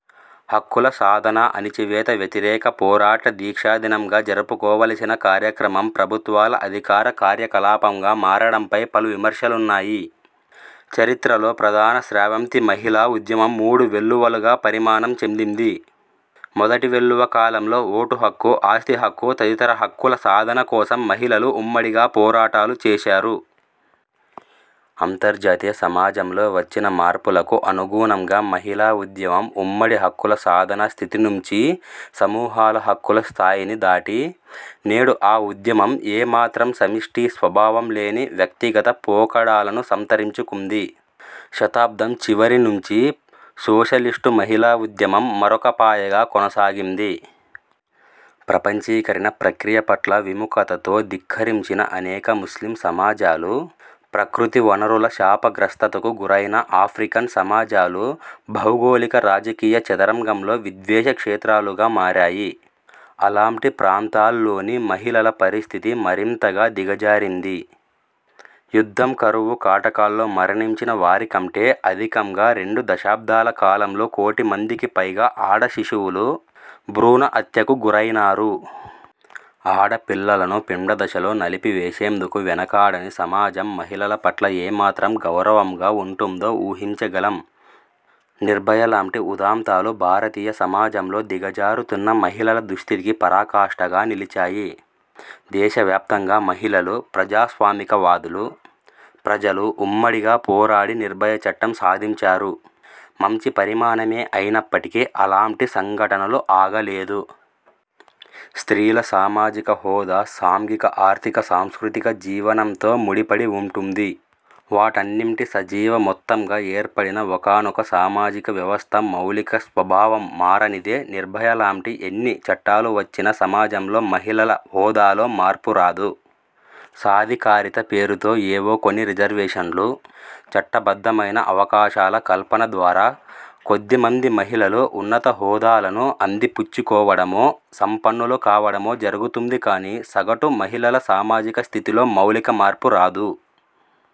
హక్కుల సాధన, అణచివేత వ్యతిరేక పోరాట దీక్షా దినంగా జరుపుకోవలసిన కార్యక్రమం ప్రభుత్వాల అధికార కార్యకలాపంగా మారడంపై పలు విమర్శలున్నాయి. చరిత్రలో ప్రధాన స్రవంతి మహిళా ఉద్యమం మూడు వెల్లువలుగా పరిణామం చెందింది. మొదటి వెల్లువ కాలంలో ఓటు హక్కు, ఆస్తి హక్కు తదితర హక్కుల సాధన కోసం మహిళలు ఉమ్మడిగా పోరాటాలు చేశారు. అంతర్జాతీయ సమాజంలో వచ్చిన మార్పులకు అనుగుణంగా మహిళా ఉద్యమం ఉమ్మడి హక్కుల సాధన స్థితి నుంచి సమూహాల హక్కుల స్థాయిని దాటి, నేడు ఆ ఉద్యమం ఏ మాత్రం సమిష్టి స్వభావం లేని వ్యక్తిగత పోకడలను సంతరించుకుంది. శతాబ్దం చివరి నుంచి సోషలిస్టు మహిళా ఉద్యమం మరొక పాయగా కొనసాగింది. ప్రపంచీకరణ ప్రక్రియ పట్ల విముఖతతో ధిక్కరించిన అనేక ముస్లిం సమాజాలు, ప్రకృతి వనరుల శాపగ్రస్తతకు గురైన ఆఫ్రికన్ సమాజాలు భౌగోళిక రాజకీయ చదరంగంలో విద్వేష క్షేత్రాలుగా మారాయి. అలాంటి ప్రాంతాల్లోని మహిళల పరిస్థితి మరింతగా దిగజారింది. యుద్ధం, కరువు కాటకాల్లో మరణించిన వారికంటే అధికంగా రెండు దశాబ్దాలకాలంలో కోటిమందికి పైగా ఆడశిశువులు భ్రూణ హత్యకు గురైనారు. ఆడపిల్లలను పిండదశలో నలిపివేసేందుకు వెనకాడని సమాజం మహిళల పట్ల ఏమాత్రం గౌరవంగా ఉంటుందో ఊహించగలం. నిర్భయ లాంటి ఉదంతాలు భారతీయ సమాజంలో దిగజారుతున్న మహిళల దుస్థితికి పరాకాష్ఠగా నిలిచాయి. దేశవ్యాప్తంగా మహిళలు, ప్రజాస్వామికవాదులు, ప్రజలు ఉమ్మడిగా పోరాడి నిర్భయ చట్టం సాధించారు. మంచి పరిణామమే అయినప్పటికీ, అలాంటి సంఘటనలు ఆగలేదు. స్త్రీల సామాజిక హోదా సాంఘిక, ఆర్థిక, సాంస్కృతిక జీవనంతో ముడిపడి ఉంటుంది. వాటన్నింటి సజీవ మొత్తంగా ఏర్పడిన ఒకానొక సామాజిక వ్యవస్థ మౌలిక స్వభావం మారనిదే నిర్భయలాంటి ఎన్ని చట్టాలు వచ్చినా సమాజంలో మహిళల హోదాలో మార్పురాదు. సాధికారిత పేరుతో ఏవో కొన్ని రిజర్వేషన్లు, చట్టబద్ధమైన అవకాశాల కల్పన ద్వారా కొద్దిమంది మహిళలు ఉన్నత హోదాలను అందిపుచ్చుకోవడమో, సంపన్నులు కావడమో జరుగుతుంది కానీ, సగటు మహిళల సామాజిక స్థితిలో మౌలిక మార్పు రాదు.